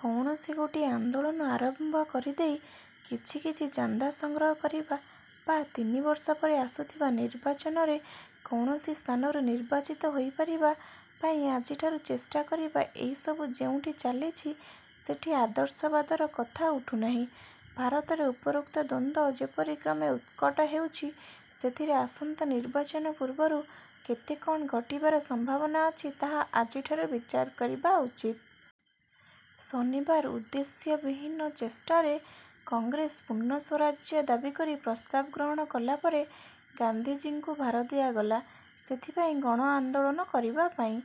କୌଣସି ଗୋଟିଏ ଆନ୍ଦୋଳନ ଆରମ୍ଭ କରିଦେଇ, କିଛି କିଛି ଚାନ୍ଦା ସଂଗ୍ରହ କରିବା ବା ତିନିବର୍ଷ ପରେ ଆସୁଥିବା ନିର୍ବାଚନରେ କୌଣସି ସ୍ଥାନରୁ ନିର୍ବାଚିତ ହୋଇ ପାରିବା ପାଇଁ ଆଜିଠାରୁ ଚେଷ୍ଟା କରିବା ଏହିସବୁ ଯେଉଁଠି ଚାଲିଛି ସେଠି ଆଦର୍ଶବାଦର କଥା ଉଠୁନାହିଁ। ଭାରତରେ ଉପରୋକ୍ତ ଦ୍ୱନ୍ଦ୍ୱ ଯେପରି କ୍ରମେ ଉତ୍କଟ ହେଉଛି, ସେଥିରେ ଆସନ୍ତା ନିର୍ବାଚନ ପୂର୍ବରୁ କେତେ କଅଣ ଘଟିବାର ସମ୍ଭାବନା ଅଛି ତାହା ଆଜିଠାରୁ ବିଚାର କରିବା ଉଚିତ। ଶନିବାର ଉଦ୍ଦେଶ୍ୟ ବିହୀନ ଚେଷ୍ଟା ରେ କଂଗ୍ରେସ ପୂର୍ଣ୍ଣ ସ୍ୱରାଜ୍ୟ ଦାବି କରି ପ୍ରସ୍ତାବ ଗ୍ରହଣ କଲାପରେ ଗାନ୍ଧିଜୀଙ୍କୁ ଭାର ଦିଆଗଲା ସେଥିପାଇଁ ଗଣଆନ୍ଦୋଳନ କରିବା ପାଇଁ।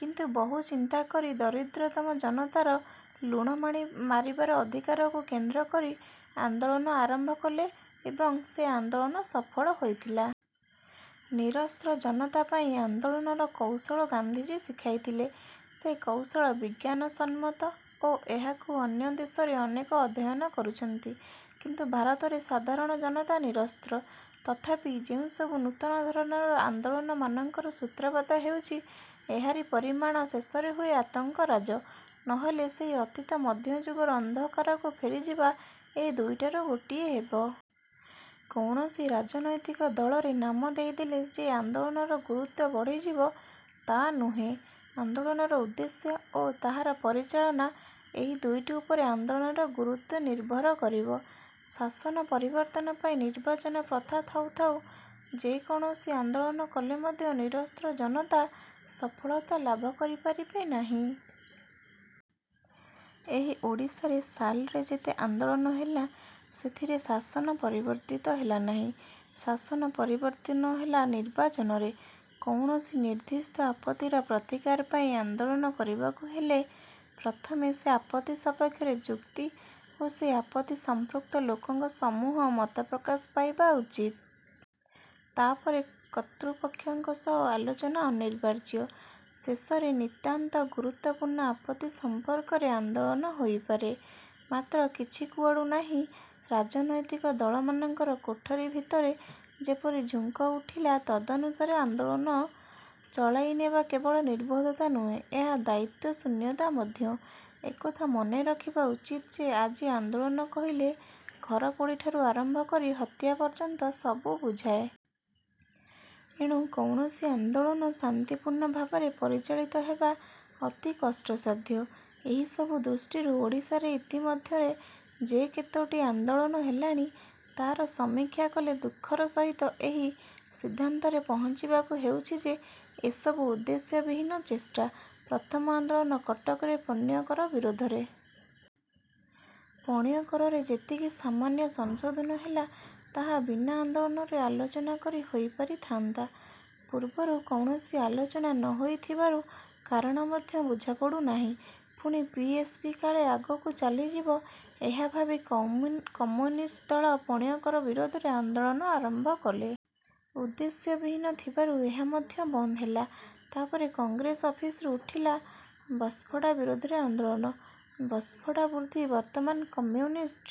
କିନ୍ତୁ ବହୁ ଚିନ୍ତାକରି ଦରିଦ୍ରତମ ଜନତାର ଲୁଣ ମାରିବାର ଅଧିକାରକୁ କେନ୍ଦ୍ର କରି ଆନ୍ଦୋଳନ ଆରମ୍ଭ କଲେ ଏବଂ ସେ ଆନ୍ଦୋଳନ ସଫଳ ହୋଇଥିଲା। ନିରସ୍ତ୍ର ଜନତାପାଇଁ ଆନ୍ଦୋଳନର କୌଶଳ ଗାନ୍ଧିଜୀ ଶିଖାଇଥିଲେ। ସେ କୌଶଳ ବିଜ୍ଞାନସମ୍ମତ ଓ ଏହାକୁ ଅନ୍ୟ ଦେଶରେ ଅନେକେ ଅଧ୍ୟୟନ କରୁଛନ୍ତି; କିନ୍ତୁ ଭାରତରେ ସାଧାରଣ ଜନତା ନିରସ୍ତ୍ର। ତଥାପି ଯେଉଁସବୁ ନୂତନ ଧରଣର ଆନ୍ଦୋଳନମାନଙ୍କର ସୂତ୍ରପାତ ହେଉଛି ଏହାରି ପରିମାଣ ଶେଷରେ ହୁଏ ଆତଙ୍କରାଜ; ନ ହେଲେ ସେହି ଅତୀତ ମଧ୍ୟଯୁଗର ଅନ୍ଧକାରକୁ ଫେରିଯିବା, ଏ ଦୁଇଟାରୁ ଗୋଟିଏ ହେବ। କୌଣସି ରାଜନୈତିକ ଦଳରେ ନାମ ଦେଇଦେଲେ ଯେ ଆନ୍ଦୋଳନର ଗୁରୁତ୍ୱ। ବଢ଼ିଯିବ ତା' ନୁହେଁ। ଆନ୍ଦୋଳନର ଉଦ୍ଦେଶ୍ୟ ଓ ତାହାର ପରିଚାଳନା ଏହି ଦୁଇଟି ଉପରେ ଆନ୍ଦୋଳନର ଗୁରୁତ୍ୱ ନିର୍ଭର କରିବ। ଶାସନ ପରିବର୍ତ୍ତନ ପାଇଁ ନିର୍ବାଚନ ପ୍ରଥା ଥାଉଁ ଥାଉଁ ଯେ କୌଣସି ଆନ୍ଦୋଳନ କଲେ ମଧ୍ୟ ନିରସ୍ତ୍ର ଜନତା ସଫଳତା ଲାଭ କରିପାରିବେ ନାହିଁ। ଏହି ଓଡ଼ିଶାରେ ସାଲରେ ଯେତେ ଆନ୍ଦୋଳନ ହେଲା, ସେଥିରେ ଶାସନ ପରିବର୍ତ୍ତିତ ହେଲା ନାହିଁ। ଶାସନ ପରିବର୍ତ୍ତିତ ହେଲା ନିର୍ବାଚନରେ। କୌଣସି ନିର୍ଦ୍ଦିଷ୍ଟ ଆପତ୍ତିର ପ୍ରତିକାର ପାଇଁ ଆନ୍ଦୋଳନ କରିବାକୁ ହେଲେ ପ୍ରଥମେ ସେ ଆପତ୍ତି ସପକ୍ଷରେ ଯୁକ୍ତି ଓ ସେ ଆପତ୍ତି ସଂପୃକ୍ତ ଲୋକଙ୍କ ସମୂହ ମତ ପ୍ରକାଶ ପାଇବା ଉଚିତ। ତା'ପରେ କର୍ତ୍ତୃପକ୍ଷଙ୍କ ସହ ଆଲୋଚନା ଅନିବାର୍ଯ୍ୟ। ଶେଷରେ ନିତାନ୍ତ ଗୁରୁତ୍ୱପୂର୍ଣ୍ଣ ଆପତ୍ତି ସମ୍ପର୍କରେ ଆନ୍ଦୋଳନ ହୋଇପାରେ। ମାତ୍ର କିଛି କୁଆଡ଼ୁ ନାହିଁ, ରାଜନୈତିକ ଦଳମାନଙ୍କର କୋଠରୀ ଭିତରେ ଯେପରି ଝୁଙ୍କ ଉଠିଲା ତଦନୁସାରେ ଆନ୍ଦୋଳନ, ଚଳାଇନେବା କେବଳ ନିର୍ବୋଧତା ନୁହେଁ, ଏହା ଦାୟିତ୍ୱଶୂନ୍ୟତା ମଧ୍ୟ। ଏକଥା ମନେ ରଖିବା ଉଚିତ ଯେ, ଆଜି ଆନ୍ଦୋଳନ କହିଲେ ଘରପୋଡ଼ିଠାରୁ ଆରମ୍ଭ କରି ହତ୍ୟା ପର୍ଯ୍ୟନ୍ତ ସବୁ ବୁଝାଏ। ଏଣୁ କୌଣସି ଆନ୍ଦୋଳନ ଶାନ୍ତିପୂର୍ଣ୍ଣ ଭାବରେ ପରିଚାଳିତ ହେବା ଅତି କଷ୍ଟସାଧ୍ୟ। ଏହିସବୁ ଦୃଷ୍ଟିରୁ ଓଡ଼ିଶାରେ ଇତିମଧ୍ୟରେ ଯେ କେତୋଟି ''ଆନ୍ଦୋଳନ'' ହେଲାଣି ତା'ର ସମୀକ୍ଷା କଲେ ଦୁଃଖର ସହିତ ଏହି ସିଦ୍ଧାନ୍ତରେ ପହଞ୍ଚିବାକୁ ହେଉଛି ଯେ ଏସବୁ ଉଦ୍ଦେଶ୍ୟ ବିହୀନ ଚେଷ୍ଟା। ପ୍ରଥମ ଆନ୍ଦୋଳନ କଟକରେ ପଣ୍ୟକର ବିରୋଧରେ। ପଣ୍ୟକରରେ ଯେତିକି ସାମାନ୍ୟ ସଂଶୋଧନ ହେଲା ତାହା ବିନା ଆନ୍ଦୋଳନରେ ଆଲୋଚନା କରି ହୋଇପାରି ଥାନ୍ତା। ପୂର୍ବରୁ କୌଣସି ଆଲୋଚନା ନ ହୋଇଥିବାରୁ କାରଣ ମଧ୍ୟ ବୁଝାପଡ଼ୁନାହିଁ। ପୁଣି ପି. ଏସ. ପି. କାଳେ ଆଗକୁ ଚାଲିଯିବ ଏହା ଭାବି କମ୍ୟୁନିଷ୍ଟ ଦଳ ପଣ୍ୟକର ବିରୋଧରେ ଆନ୍ଦୋଳନ ଆରମ୍ଭ କଲେ। ଉଦ୍ଦେଶ୍ୟ ବିହୀନ ଥିବାରୁ ଏହା ମଧ୍ୟ ବନ୍ଦ ହେଲା। ତା'ପରେ କଂଗ୍ରେସ ଅଫିସରୁ ଉଠିଲା ବସ୍ଭଡ଼ା ବିରୋଧରେ ଆନ୍ଦୋଳନ। ବସ୍ଭଡ଼ା ବୃଦ୍ଧି ବର୍ତ୍ତମାନ କମ୍ୟୁନିଷ୍ଟ,